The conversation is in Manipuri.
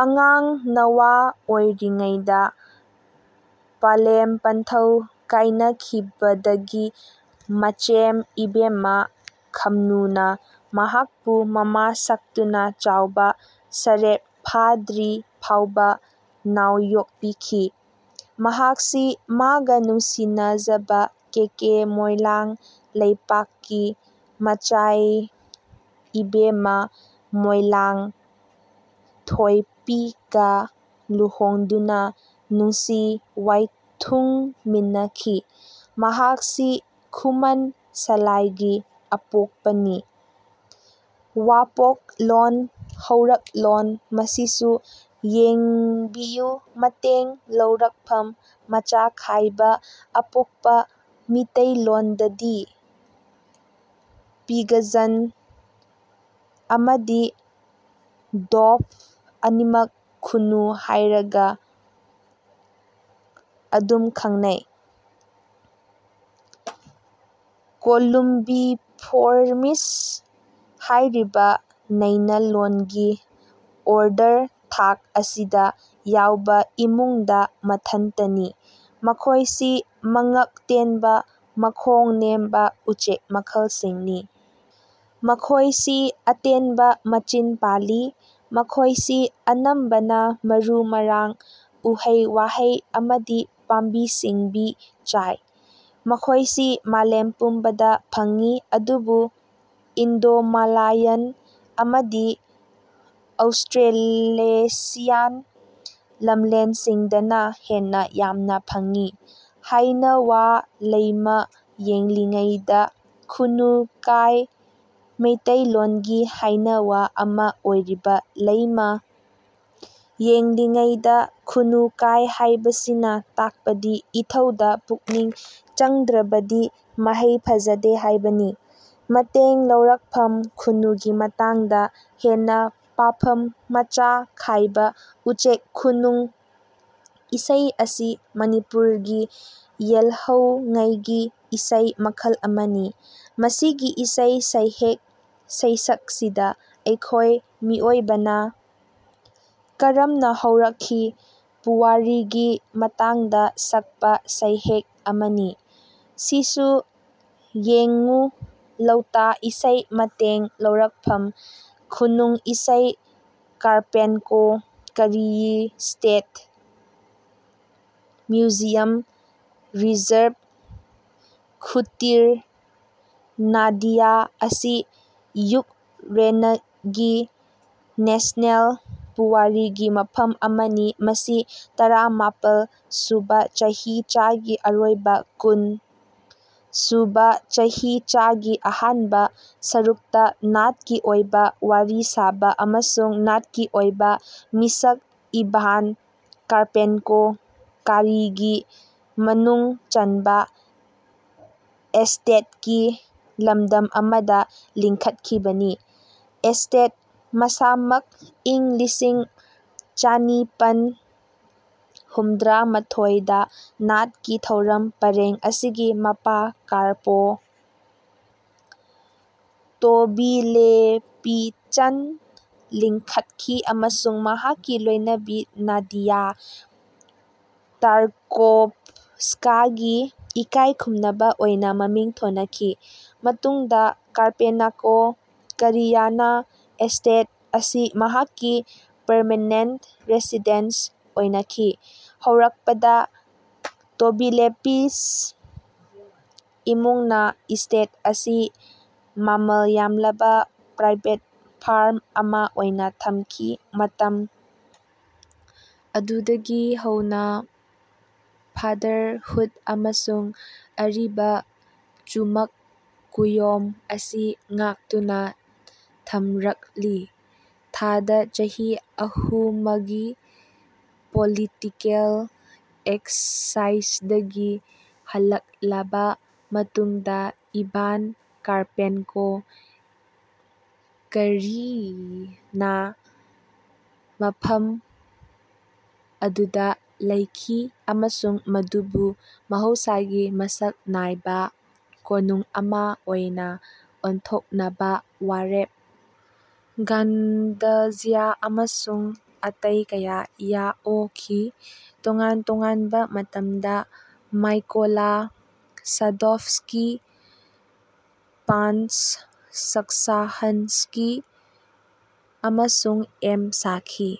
ꯑꯉꯥꯡ ꯅꯋꯥ ꯑꯣꯢꯔꯤꯉꯩꯗ ꯄꯂꯦꯝ ꯄꯟꯊꯧ ꯀꯥꯢꯅꯈꯤꯕꯗꯒꯤ ꯃꯆꯦꯝ ꯏꯕꯦꯝꯃ ꯈꯝꯅꯨꯅ ꯃꯍꯥꯛꯄꯨ ꯃꯃꯥ ꯁꯛꯇꯨꯅ ꯆꯥꯎꯕ ꯁꯔꯦꯞ ꯐꯥꯗ꯭ꯔꯤ ꯐꯥꯎꯕ ꯅꯥꯎꯌꯣꯛꯄꯤꯈꯤ꯫ ꯃꯍꯥꯛꯁꯤ ꯃꯥꯒ ꯅꯨꯡꯁꯤꯅꯖꯕ ꯀꯦꯀꯦ ꯃꯣꯢꯂꯥꯡ ꯂꯩꯄꯥꯛꯀꯤ ꯃꯆꯥꯏꯏꯕꯦꯝꯃ ꯃꯣꯢꯂꯥꯡ ꯊꯣꯢꯄꯤꯒ ꯂꯨꯍꯣꯡꯗꯨꯅ ꯅꯨꯡꯁꯤ ꯋꯥꯢꯊꯨꯡꯃꯤꯟꯅꯈꯤ꯫ ꯃꯍꯥꯛꯁꯤ ꯈꯨꯃꯟ ꯁꯂꯥꯢꯒꯤ ꯑꯄꯣꯛꯄꯅꯤ꯫ ꯋꯥꯄꯣꯛꯂꯣꯟ ꯍꯧꯔꯛꯂꯣꯟ ꯃꯁꯤꯁꯨ ꯌꯦꯡꯕꯤꯌꯨ ꯃꯇꯦꯡ ꯂꯧꯔꯛꯐꯝ ꯃꯆꯥꯈꯥꯏꯕ ꯑꯄꯣꯛꯄ ꯃꯤꯇꯩꯂꯣꯟꯗꯗꯤ ꯄꯤꯒꯖꯟ ꯑꯃꯗꯤ ꯗꯣꯚ ꯑꯅꯤꯃꯛ ꯈꯨꯅꯨ ꯍꯥꯢꯔꯒ ꯑꯗꯨꯝ ꯈꯪꯅꯩ꯫ ꯀꯣꯂꯨꯝꯕꯤꯐꯣꯔꯃꯤꯁ ꯍꯥꯢꯔꯤꯕ ꯅꯩꯅꯂꯣꯟꯒꯤ ꯑꯣꯔꯗꯔ (ꯊꯥꯛ) ꯑꯁꯤꯗ ꯌꯥꯎꯕ ꯏꯃꯨꯡꯗꯥ ꯃꯊꯟꯇꯅꯤ꯫ ꯃꯈꯣꯢꯁꯤ ꯃꯉꯛ ꯇꯦꯟꯕ ꯃꯈꯣꯡ ꯅꯦꯝꯕ ꯎꯆꯦꯛ ꯃꯈꯜꯁꯤꯡꯅꯤ꯫ ꯃꯈꯣꯢꯁꯤ ꯑꯇꯦꯟꯕ ꯃꯆꯤꯟ ꯄꯥꯜꯂꯤ꯫ ꯃꯈꯣꯢꯁꯤ ꯑꯅꯝꯕꯅ ꯃꯔꯨ-ꯃꯔꯥꯡ, ꯎꯍꯩ-ꯋꯥꯍꯩ ꯑꯃꯗꯤ ꯄꯥꯝꯕꯤ-ꯁꯤꯡꯕꯤ ꯆꯥꯏ꯫ ꯃꯈꯣꯢꯁꯤ ꯃꯥꯂꯦꯝ ꯄꯨꯝꯕꯗ ꯐꯪꯏ ꯑꯗꯨꯕꯨ ꯏꯟꯗꯣꯃꯥꯂꯥꯌꯟ ꯑꯃꯗꯤ ꯑꯧꯁꯇ꯭ꯔꯦꯂꯦꯁꯤꯌꯥꯟ ꯂꯝꯂꯦꯟꯁꯤꯡꯗꯅ ꯍꯦꯟꯅ ꯌꯥꯝꯅ ꯐꯪꯏ꯫ ꯍꯥꯏꯅꯋꯥ ꯂꯩꯃ ꯌꯦꯡꯂꯤꯉꯩꯗ ꯈꯨꯅꯨ ꯀꯥꯏ ꯃꯩꯇꯩꯂꯣꯟꯒꯤ ꯍꯥꯏꯅꯋꯥ ꯑꯃ ꯑꯣꯏꯔꯤꯕ ꯂꯩꯃ ꯌꯦꯡꯂꯤꯉꯩꯗ ꯈꯨꯅꯨ ꯀꯥꯏ ꯍꯥꯏꯕꯁꯤꯅ ꯇꯥꯛꯄꯗꯤ ꯏꯊꯧꯗ ꯄꯨꯛꯅꯤꯡ ꯆꯪꯗ꯭ꯔꯕꯗꯤ ꯃꯍꯩ ꯐꯖꯗꯦ ꯍꯥꯏꯕꯅꯤ꯫ ꯃꯇꯦꯡ ꯂꯧꯔꯛꯐꯝ ꯈꯨꯅꯨꯒꯤ ꯃꯇꯥꯡꯗ ꯍꯦꯟꯅ ꯄꯥꯐꯝ ꯃꯆꯥ ꯈꯥꯏꯕ ꯎꯆꯦꯛ ꯈꯨꯅꯨꯡ ꯏꯁꯩ ꯑꯁꯤ ꯃꯅꯤꯄꯨꯔꯒꯤ ꯌꯦꯜꯍꯧꯉꯩꯒꯤ ꯏꯁꯩ ꯃꯈꯜ ꯑꯃꯅꯤ꯫ ꯃꯁꯤꯒꯤ ꯏꯁꯩ ꯁꯩꯍꯦꯛ ꯁꯩꯁꯛꯁꯤꯗ ꯑꯩꯈꯣꯏ ꯃꯤꯑꯣꯏꯕꯅ ꯀꯔꯝꯅ ꯍꯧꯔꯛꯈꯤ, ꯄꯨꯋꯥꯔꯤꯒꯤ ꯃꯇꯥꯡꯗ ꯁꯛꯄ ꯁꯩꯍꯦꯛ ꯑꯃꯅꯤ꯫ ꯁꯤꯁꯨ ꯌꯦꯡꯉꯨ ꯂꯧꯇꯥ ꯏꯁꯩ ꯃꯇꯦꯡ ꯂꯧꯔꯛꯐꯝ ꯈꯨꯅꯨꯡ ꯏꯁꯩ ꯀꯥꯔꯄꯦꯟꯀꯣ-ꯀꯔꯤꯌꯤ ꯁ꯭ꯇꯦꯠ ꯃ꯭ꯌꯨꯖꯤꯌꯝ-ꯔꯤꯖꯔꯕ ꯈꯨꯇꯤꯔ ꯅꯥꯗꯤꯌꯥ ꯑꯁꯤ ꯌꯨꯛꯔꯦꯅꯒꯤ ꯅꯦꯁꯅꯦꯜ ꯄꯨꯋꯥꯔꯤꯒꯤ ꯃꯐꯝ ꯑꯃꯅꯤ ꯃꯁꯤ ꯇꯔꯥ ꯃꯥꯄꯜ ꯁꯨꯕꯥ ꯆꯍꯤꯆꯥꯒꯤ ꯑꯔꯣꯏꯕ ꯀꯨꯟ ꯁꯨꯕꯥ ꯆꯍꯤꯆꯥꯒꯤ ꯑꯍꯥꯟꯕꯥ ꯁꯔꯨꯛꯇꯥ ꯅꯥꯠꯀꯤ ꯑꯣꯏꯕꯥ ꯋꯥꯔꯤ ꯁꯥꯕꯥ ꯑꯃꯁꯨꯡ ꯅꯥꯠꯀꯤ ꯑꯣꯏꯕꯥ ꯃꯤꯁꯛ ꯏꯚꯥꯟ ꯀꯥꯔꯄꯦꯟꯀꯣ-ꯀꯥꯔꯤꯒꯤ ꯃꯅꯨꯡ ꯆꯟꯕꯥ ꯑꯦꯁꯇꯦꯠꯀꯤ ꯂꯝꯗꯝ ꯑꯃꯗ ꯂꯤꯡꯈꯠꯈꯤꯕꯅꯤ꯫ ꯑꯦꯁꯇꯦꯠ ꯃꯁꯥꯃꯛ ꯏꯪ ꯂꯤꯁꯤꯡ ꯆꯥꯅꯤꯄꯟ ꯍꯨꯝꯗ꯭ꯔꯥꯃꯊꯣꯏ ꯗꯥ ꯅꯥꯠꯀꯤ ꯊꯧꯔꯝ ꯄꯔꯦꯡ ꯑꯁꯤꯒꯤ ꯃꯄꯥ ꯀꯥꯔꯄꯣ ꯇꯣꯕꯤꯂꯦꯚꯤꯆꯟ ꯂꯤꯡꯈꯠꯈꯤ ꯑꯃꯁꯨꯡ ꯃꯍꯥꯛꯀꯤ ꯂꯣꯢꯅꯕꯤ ꯅꯥꯗꯤꯌꯥ ꯇꯥꯔꯀꯣꯚꯁ꯭ꯀꯥꯒꯤ ꯏꯀꯥꯢ ꯈꯨꯝꯅꯕꯥ ꯑꯣꯏꯅꯥ ꯃꯃꯤꯡ ꯊꯣꯅꯈꯤ꯫ ꯃꯇꯨꯡꯗꯥ ꯀꯥꯔꯄꯦꯅꯀꯣ-ꯀꯔꯤꯌꯅꯥ ꯑꯦꯁꯇꯦꯠ ꯑꯁꯤ ꯃꯍꯥꯛꯀꯤ ꯄꯔꯃꯦꯅꯦꯟꯇ ꯔꯦꯁꯤꯗꯦꯟꯁ ꯑꯣꯏꯅꯈꯤ꯫ ꯍꯧꯔꯛꯄꯗꯥ ꯇꯣꯕꯤꯂꯦꯚꯤꯆ ꯏꯃꯨꯡꯅꯥ ꯏꯁ꯭ꯇꯦꯠ ꯑꯁꯤ ꯃꯥꯃꯜ ꯌꯥꯝꯂꯕꯥ ꯄ꯭ꯔꯥꯏꯚꯦꯠ ꯐꯥꯔꯝ ꯑꯃꯥ ꯑꯣꯏꯅꯥ ꯊꯃꯈꯤ꯫ ꯃꯇꯝ ꯑꯗꯨꯗꯒꯤ ꯍꯧꯅꯥ ꯐꯥꯗꯔ ꯍꯨꯠ ꯑꯃꯁꯨꯡ ꯑꯔꯤꯕ ꯆꯨꯃꯛ ꯀꯨꯌꯣꯝ ꯑꯁꯤ ꯉꯥꯛꯇꯨꯅꯥ ꯊꯝꯔꯛꯂꯤ꯫ ꯊꯥꯗ ꯆꯍꯤ ꯑꯍꯨꯃꯒꯤ ꯄꯣꯂꯤꯇꯤꯀꯦꯜ ꯑꯦꯛꯁꯥꯏꯖꯗꯒꯤ ꯍꯜꯂꯛꯂꯥꯕ ꯃꯇꯨꯡꯗꯥ ꯏꯚꯥꯟ ꯀꯥꯔꯄꯦꯟꯀꯣ-ꯀꯔꯤꯏꯅꯥ ꯃꯐꯝ ꯑꯗꯨꯗ ꯂꯩꯈꯤ ꯑꯃꯁꯨꯡ ꯃꯗꯨꯕꯨ ꯃꯍꯧꯁꯥꯒꯤ ꯃꯁꯛ ꯅꯥꯏꯕꯥ ꯀꯣꯅꯨꯡ ꯑꯃꯥ ꯑꯣꯏꯅꯥ ꯑꯣꯟꯊꯣꯛꯅꯕꯥ ꯋꯥꯔꯦꯞ "ꯒꯥꯟꯗꯖ꯭ꯌꯥ" ꯑꯃꯁꯨꯡ ꯑꯇꯩ ꯀꯌꯥ ꯌꯥꯑꯣꯈꯤ꯫ ꯇꯣꯉꯥꯟ ꯇꯣꯉꯥꯟꯕꯥ ꯃꯇꯝꯗꯥ ꯃꯥꯏꯀꯣꯂꯥ ꯁꯥꯗꯣꯚꯁ꯭ꯀꯤ, ꯄꯥꯟꯁ ꯁꯛꯁꯥꯍꯥꯟꯁ꯭ꯀꯤ ꯑꯃꯁꯨꯡ ꯑꯦꯝ ꯁꯥꯈꯤ꯫